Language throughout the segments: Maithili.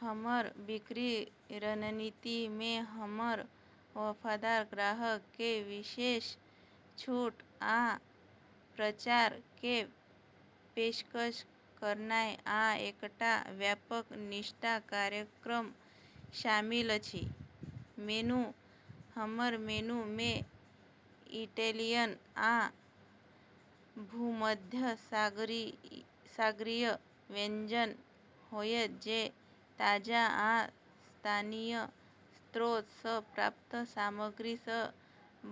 हमर बिक्री रणनीति मे हमर वफादार ग्राहक के विशेष छूट आ प्रचार के पेशकश करनाय आ एकटा व्यापक निष्ठा कार्यक्रम शामिल अछि। मेनू: हमर मेनू मे इटैलियन आ भूमध्यसागरीय व्यंजन होयत जे ताजा आ स्थानीय स्रोत सँ प्राप्त सामग्री सँ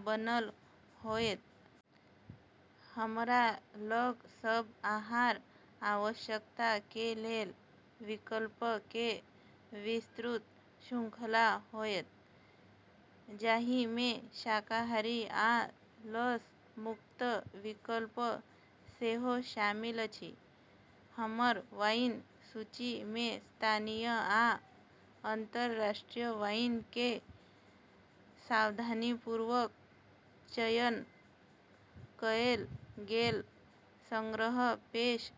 बनल होयत। हमरा लग सब आहार आवश्यकता के लेल विकल्प के विस्तृत श्रृंखला होयत, जाहि मे शाकाहारी आ लस मुक्त विकल्प सेहो शामिल अछि। हमर वाइन सूची मे स्थानीय आ अंतर्राष्ट्रीय वाइन के सावधानीपूर्वक चयन कएल गेल संग्रह पेश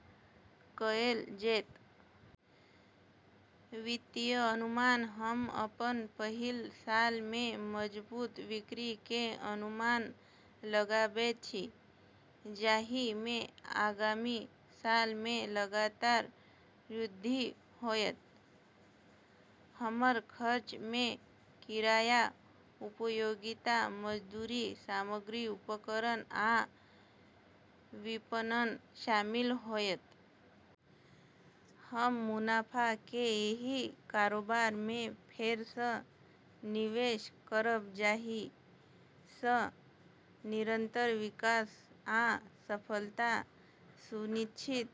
कएल जैत। वित्तीय अनुमान: हम अपन पहिल साल मे मजबूत बिक्री के अनुमान लगाबैत छी, जाहि मे आगामी साल मे लगातार वृद्धि होयत। हमर खर्च मे किराया, उपयोगिता, मजदूरी, सामग्री, उपकरण आ विपणन शामिल होयत। हम मुनाफा के एहि कारोबार मे फेर सँ निवेश करब जाहि सँ निरंतर विकास आ सफलता सुनिश्चित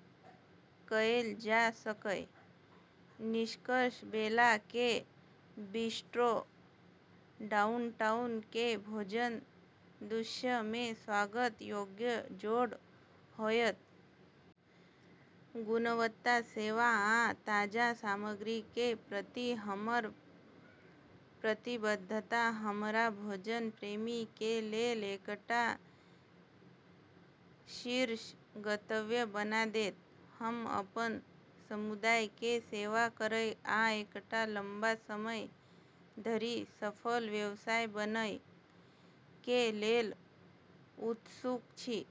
कएल जा सकय। निष्कर्ष: बेला के बिस्ट्रो डाउनटाउन के भोजन दृश्य मे स्वागत योग्य जोड़ होयत। गुणवत्ता, सेवा आ ताजा सामग्री के प्रति हमर प्रतिबद्धता हमरा भोजन प्रेमी के लेल एकटा शीर्ष गंतव्य बना देत। हम अपन समुदाय के सेवा करय आ एकटा लम्बा समय धरि सफल व्यवसाय बनय के लेल उत्सुक छी।